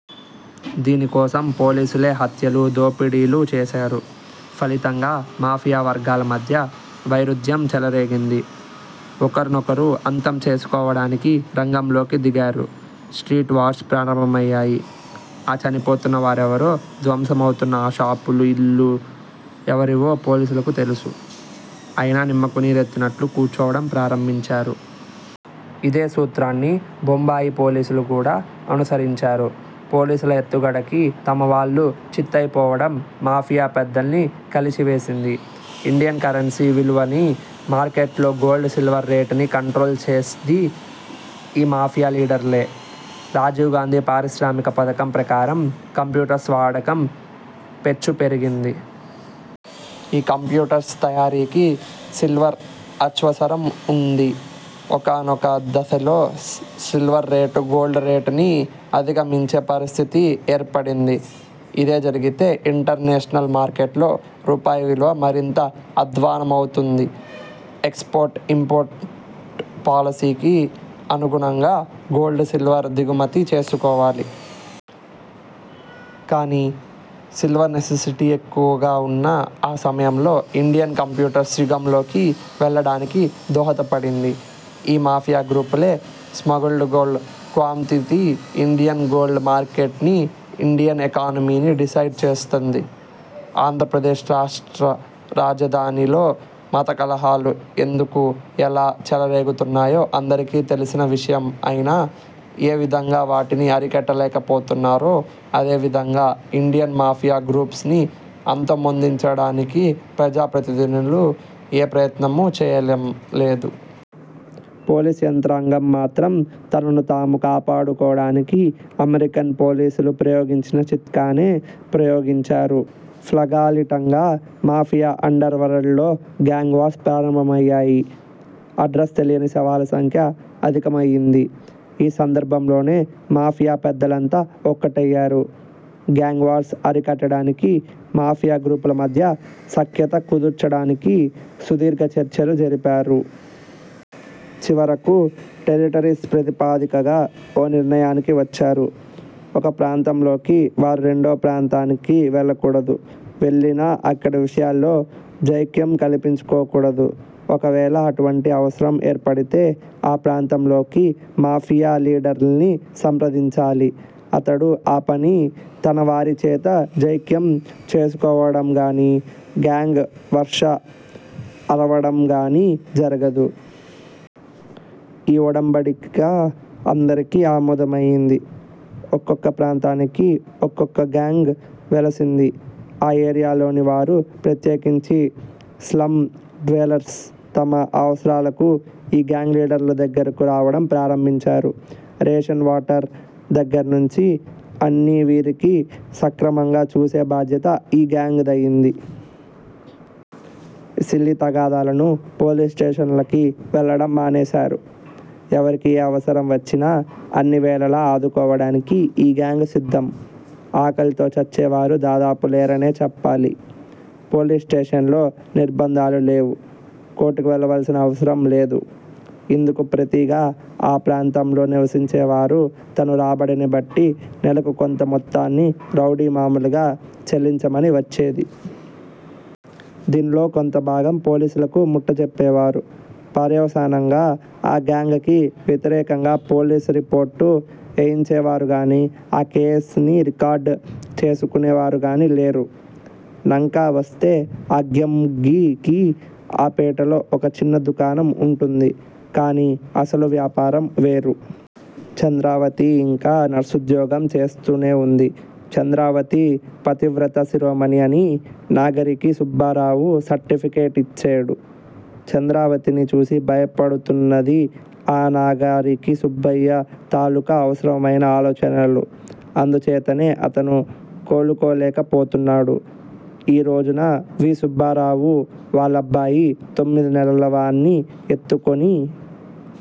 దీని కోసం పోలీసులే హత్యలు, దోపిడీలు, చేశారు. ఫలితంగా మాఫియ వర్గాల మధ్య వైరుధ్యం చేలరేగింది. ఒకర్నొకరు అంతం చేసుకోవడానికిరంగంలోకి దిగారు. స్ట్రీట్ వార్స్ ప్రారంభమయ్యాయి. ఆ చనిపోతున్న వారెవరో ధ్వంశం అవుతున్న ఆ షాపులు, ఇల్లు, ఎవరివో పోలీసులకి తెలుసు. అయినా నిమ్మకు నీరెత్తినట్లు కూర్చోవడం ప్రారంభించారు. ఇదే సూత్రాన్ని బొంబాయి ఫోలీసులు కూడా అనిసరించారు. పోలీసుల ఎత్తుగడకి తమవాళ్ళు చిత్తయిపోవడం మాఫియా పెద్దల్ని కలచివేసింది. ఇండియన్ కరెన్సీ విలువని, మార్కెట్లో గోల్డ్ సిల్వర్ రేటుని కంట్రోల్ చేస్ది ఈ మాఫియా లీడర్లె! రాజీవ్ గాందీ పారిశ్రామిక పథకం ప్రకారం కంప్యూటర్స్ వాడకం పెచ్చుపెరిగింది. ఈ కంప్యూటర్స్ తయారీకి సిల్వర్ అచ్వసరం వుండి. ఒకానొక దశలో సోల్వర్ రేటు గోల్డు రేటుని అధికమించే పరిష్టితి ఏర్పడింది. ఇదే జరిగితే ఇంటర్నేషనల్స్ మార్కెట్ లో రూపాయి విలువ మరింత అద్వాన్నమవుతుమ్ది. ఎక్స్ పోర్ట్ ఇమ్పావుర్టు పాలసీకి అనుగుణంగా గోల్డు, సిల్వర్ దిగుమతి చేసుకోవాలి. కాని సిల్వర్ నెస్సిసటీ ఎక్కువుగా వున్నా అ సమయంలో ఇండియన్ కంప్యూటర్స్ యుగంలోకి వెళ్ళాడానికి దోహదపడింది. ఈ మాఫియ గ్రూపులే! Smuggled gold quantity Indian gold market ని ఇండియన్ ఎకానమీని డిసైడ్ చేస్తంది!! ఆంద్రప్రదేశ్ రాష్ట్రా రాజధానిలో మతకలహాలు ఎందుకు, ఎలా చెలరేగుతున్నాయో అందరీకి తెలిసిన విషయమయినా ఏ విధంగా వాటిని అరికట్ట లేకపోతున్నారో అదే విధంగా ఇండియన్ మాఫియా గ్రూప్స్ ని అంత మోదించడానికి ప్రజా ప్రతినిధులు ఏ ప్రయత్నమూ చేయలేదు. పోలీస్ యంత్రాంగం మాత్రం తనను తము కాపాడుకోవడానికి అమెరికన్ పోలీసులు ప్రయోగించిన చిత్కానే ప్రయోగించారు. ఫ్గాలిటంగా మాఫియా అండర్ వరల్డు లో గ్యాంగ్ వార్స్ ప్రారంభమయ్యాయి. అడ్రస్ తెలియని శవాల సంఖ్య అధికమయింది. ఈ సందర్బంములోనే మాఫియా పెద్దలంతా ఒకటయ్యారు. గ్యాంగ్ వార్స్ అరికట్టడానికి మాఫియా గ్రూపుల మధ్య సఖ్యత కుదర్చడానికి సుదీర్ఘ చర్చలు జరిపారు. చివరకు టేరటరీస్ ప్రాతిపదికగా ఓ నిర్ణయానికి వచ్చారు. ఒక ప్రాంతంలోకి వారు రెండవ ప్రాంతానికి వెళ్ళకూడదు వెళ్ళినా అక్కడి విశాలలో జైక్యం కల్పించుకోకూడదు. ఒకవేళ అటువంటి అవసరం ఏర్పడితే ఆ ప్రాంతంలోకి మాఫియ లీదర్నీ సంప్రదించాలి అతడు ఆ పని తనవారి చేత జైక్యం చేసుకోవడంగాని, గ్యాంగ్ వర్ష అరవడంగాని జరగదు. ఈ ఒడంబడిక అందరికి అమోదమయింది. ఒక్కొక్క ప్రాంతానికి ఒఅక్కావుక్క గ్యాంగ్ వెలిసింది. అ ఏరియాలోని వారు ప్రత్యేకించి స్లమ్ డ్వేలర్స్ తమ అవసరాలకు ఈ గ్యాంగ్ లీడర్ల దగ్గరకు రావడం ప్రారంభించారు. రేషన్, వాటర్ దగ్గర్నుంచీ అన్నీ వీరికి సక్రమగా చూసే బాధ్యత ఈ గ్యాంగ్ దయింది. సిల్లీ తగాదాలను పోలీసు స్టేషన్ లకి వెళ్ళడం మానేశారు. ఎవరికీ ఏ అవసరం వచ్చినా అన్ని వేళలా ఆదుకోవడానికి ఈ గ్యాంగ్ సిద్దం! ఆకలితో చచ్చేవారు దాదాపుగా లేరనే చెప్పాలి. పోలీసు స్టేషన్ లో నిర్భంధాలు లేవు. కోర్టుకి వెళ్లవలసిన అవసరం లేదు. ఇందుకు ప్రతిగా ఆ ప్రాంతంలో నివసించేవారు తను రాబడినిబట్టి నేలకు కొంత మొత్తాన్ని రౌడీ మాములుగా చెల్లించమని వచ్చేది. దీనిలో కొంతభాగం పోలీసులకు ముట్టజెప్పావారు. పర్యవసానంగా అ గ్యాంగ్ కి వ్యతిరేకంగా పోలీసు రిపోర్టు యిచ్చేవారుగాని, ఆ కేసుని రికార్డు చేసుకునేవారుగాని లేరు. నం కా వస్తే ఆ గ్యమ్గు కి ఆ పేటలో ఓ చినన్ దుకాణం వుంటుంది. కాని అసలు వ్యాపారం వేరు. చంద్రావతి యింకా నర్సుద్యోగం చేస్తూనేవుంది. చంద్రావతి పతివ్రతా శిరోమణి అని నాగరిక సుబ్బారావు సర్టిఫికెటిచ్చేడు. చంద్రావతిని చూసి భయపడుతున్నది ఆ నాగరికి సుబ్బారావు తాలూకు అవసరమైన ఆలోచనలు. అందుచేతనే అతను కోలుకోలేక పోతున్నాడు. ఈ రోజున- వి. సుబ్బారావు వాళ్ళబ్బాయి తొమ్మిది నెలల వాణ్ణి యెత్తుకుని.